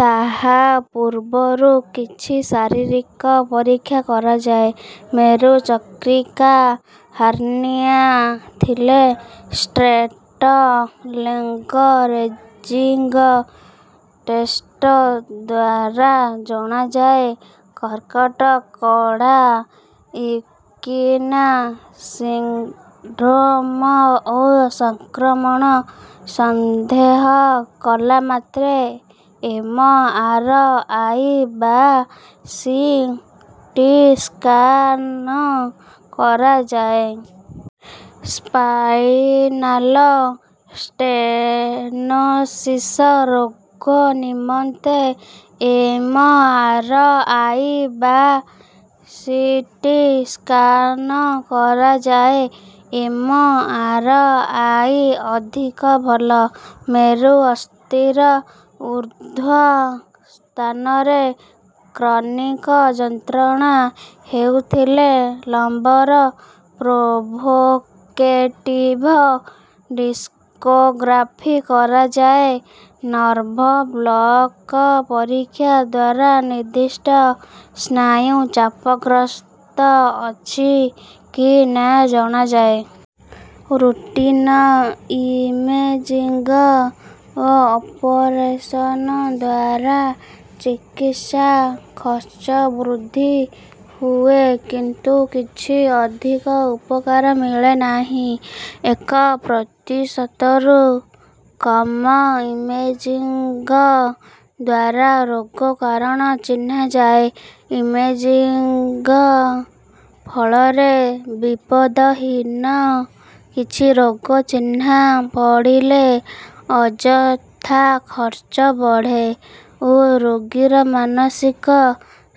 ତାହା ପୂର୍ବରୁ କିଛି ଶାରୀରିକ ପରୀକ୍ଷା କରାଯାଏ। ମେରୁ ଚକ୍ରିକା ହାର୍ନିଆ ଥିଲେ ଷ୍ଟ୍ରେଟ ଲେଗ ରେଜିଙ୍ଗ ଟେଷ୍ଟ ଦ୍ୱାରା ଜଣାଯାଏ। କର୍କଟ କଡା ଇକ୍ୱିନା ସିଣ୍ଡ୍ରୋମ ଓ ସଂକ୍ରମଣ ସନ୍ଦେହ କଲା ମାତ୍ରେ ଏମ ଆର ଆଇ ବା ସି ଟି ସ୍କାନ କରାଯାଏ। ସ୍ପାଇନାଲ ଷ୍ଟେନୋସିସ ରୋଗ ନିମନ୍ତେ ଏମ ଆର ଆଇ ବା ସି ଟି ସ୍କାନ କରାଯାଏ ଏମ ଆର ଆଇ ଅଧିକ ଭଲ। ମେରୁ ଅସ୍ଥିର ଉର୍ଦ୍ଧ୍ୱ ସ୍ଥାନରେ କ୍ରନିକ ଯନ୍ତ୍ରଣା ହେଉଥିଲେ ଲମ୍ବର ପ୍ରୋଭୋକେଟିଭ ଡିସ୍କୋଗ୍ରାଫି କରାଯାଏ। ନର୍ଭ ବ୍ଲକ ପରୀକ୍ଷା ଦ୍ୱାରା ନିର୍ଦ୍ଦିଷ୍ଟ ସ୍ନାୟୁ ଚାପଗ୍ରସ୍ତ ଅଛି କି ନା ଜଣାଯାଏ। ରୁଟିନ ଇମେଜିଙ୍ଗ ଓ ଅପରେସନ ଦ୍ୱାରା ଚିକିତ୍ସା ଖର୍ଚ୍ଚ ବୃଦ୍ଧି ହୁଏ କିନ୍ତୁ କିଛି ଅଧିକ ଉପକାର ମିଳେ ନାହିଁ। ଏକ ପ୍ରତିଶତରୁ କମ ଇମେଜିଙ୍ଗ ଦ୍ୱାରା ରୋଗ କାରଣ ଚିହ୍ନାଯାଏ। ଇମେଜିଙ୍ଗ ଫଳରେ ବିପଦହୀନ କିଛି ରୋଗ ଚିହ୍ନା ପଡ଼ିଲେ ଅଯଥା ଖର୍ଚ୍ଚ ବଢ଼େ ଓ ରୋଗୀର ମାନସିକ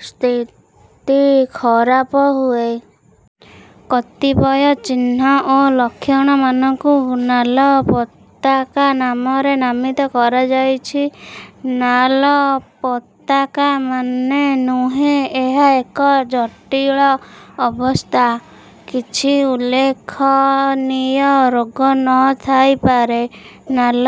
ସ୍ଥିତି ଖରାପ ହୁଏ। କତିପୟ ଚିହ୍ନ ଓ ଲକ୍ଷଣମାନଙ୍କୁ ନାଲ ପତାକା ନାମରେ ନାମିତ କରାଯାଇଛି। ନାଲ ପତାକା ମାନେ ନୁହେଁ ଏହା ଏକ ଜଟିଳ ଅବସ୍ଥା। କିଛି ଉଲ୍ଲେଖନୀୟ ରୋଗ ନ ଥାଇପାରେ। ନାଲ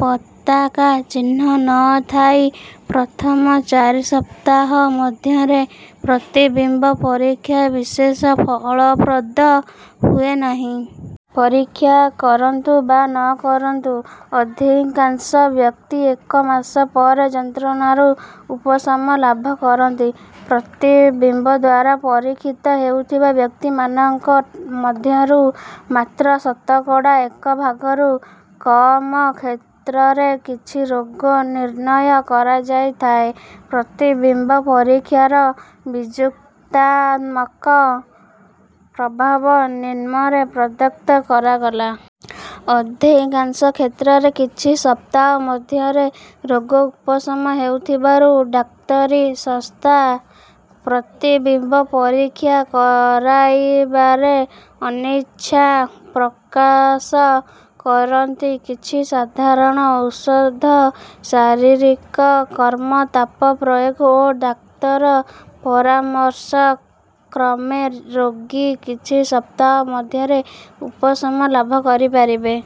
ପତାକା ଚିହ୍ନ ନ ଥାଇ ପ୍ରଥମ ଚାରି ସପ୍ତାହ ମଧ୍ୟରେ ପ୍ରତିବିମ୍ବ ପରୀକ୍ଷା ବିଶେଷ ଫଳପ୍ରଦ ହୁଏ ନାହିଁ। ପରୀକ୍ଷା କରନ୍ତୁ ବା ନ କରନ୍ତୁ ଅଧିକାଂଶ ବ୍ୟକ୍ତି ଏକ ମାସ ପରେ ଯନ୍ତ୍ରଣାରୁ ଉପଶମ ଲାଭ କରନ୍ତି। ପ୍ରତିବିମ୍ବ ଦ୍ୱାରା ପରୀକ୍ଷିତ ହେଉଥିବା ବ୍ୟକ୍ତିମାନଙ୍କ ମଧ୍ୟରୁ ମାତ୍ର ଶତକଡ଼ା ଏକ ଭାଗରୁ କମ କ୍ଷେତ୍ରରେ କିଛି ରୋଗ ନିର୍ଣ୍ଣୟ କରାଯାଇଥାଏ। ପ୍ରତିବିମ୍ବ ପରୀକ୍ଷାର ବିଯୁକ୍ତାତ୍ମକ ପ୍ରଭାବ ନିମ୍ନରେ ପ୍ରଦତ୍ତ କରାଗଲା। ଅଧିକାଂଶ କ୍ଷେତ୍ରରେ କିଛି ସପ୍ତାହ ମଧ୍ୟରେ ରୋଗ ଉପଶମ ହେଉଥିବାରୁ ଡାକ୍ତରୀ ସସ୍ଥା ପ୍ରତିବିମ୍ବ ପରୀକ୍ଷା କରାଇବାରେ ଅନିଚ୍ଛା ପ୍ରକାଶ କରନ୍ତି। କିଛି ସାଧାରଣ ଔଷଧ ଶାରୀରିକ କର୍ମ ତାପ ପ୍ରୟୋଗ ଓ ଡାକ୍ତର ପରାମର୍ଶକ୍ରମେ ରୋଗୀ କିଛି ସପ୍ତାହ ମଧ୍ୟରେ ଉପଶମ ଲାଭ କରିପାରିବେ।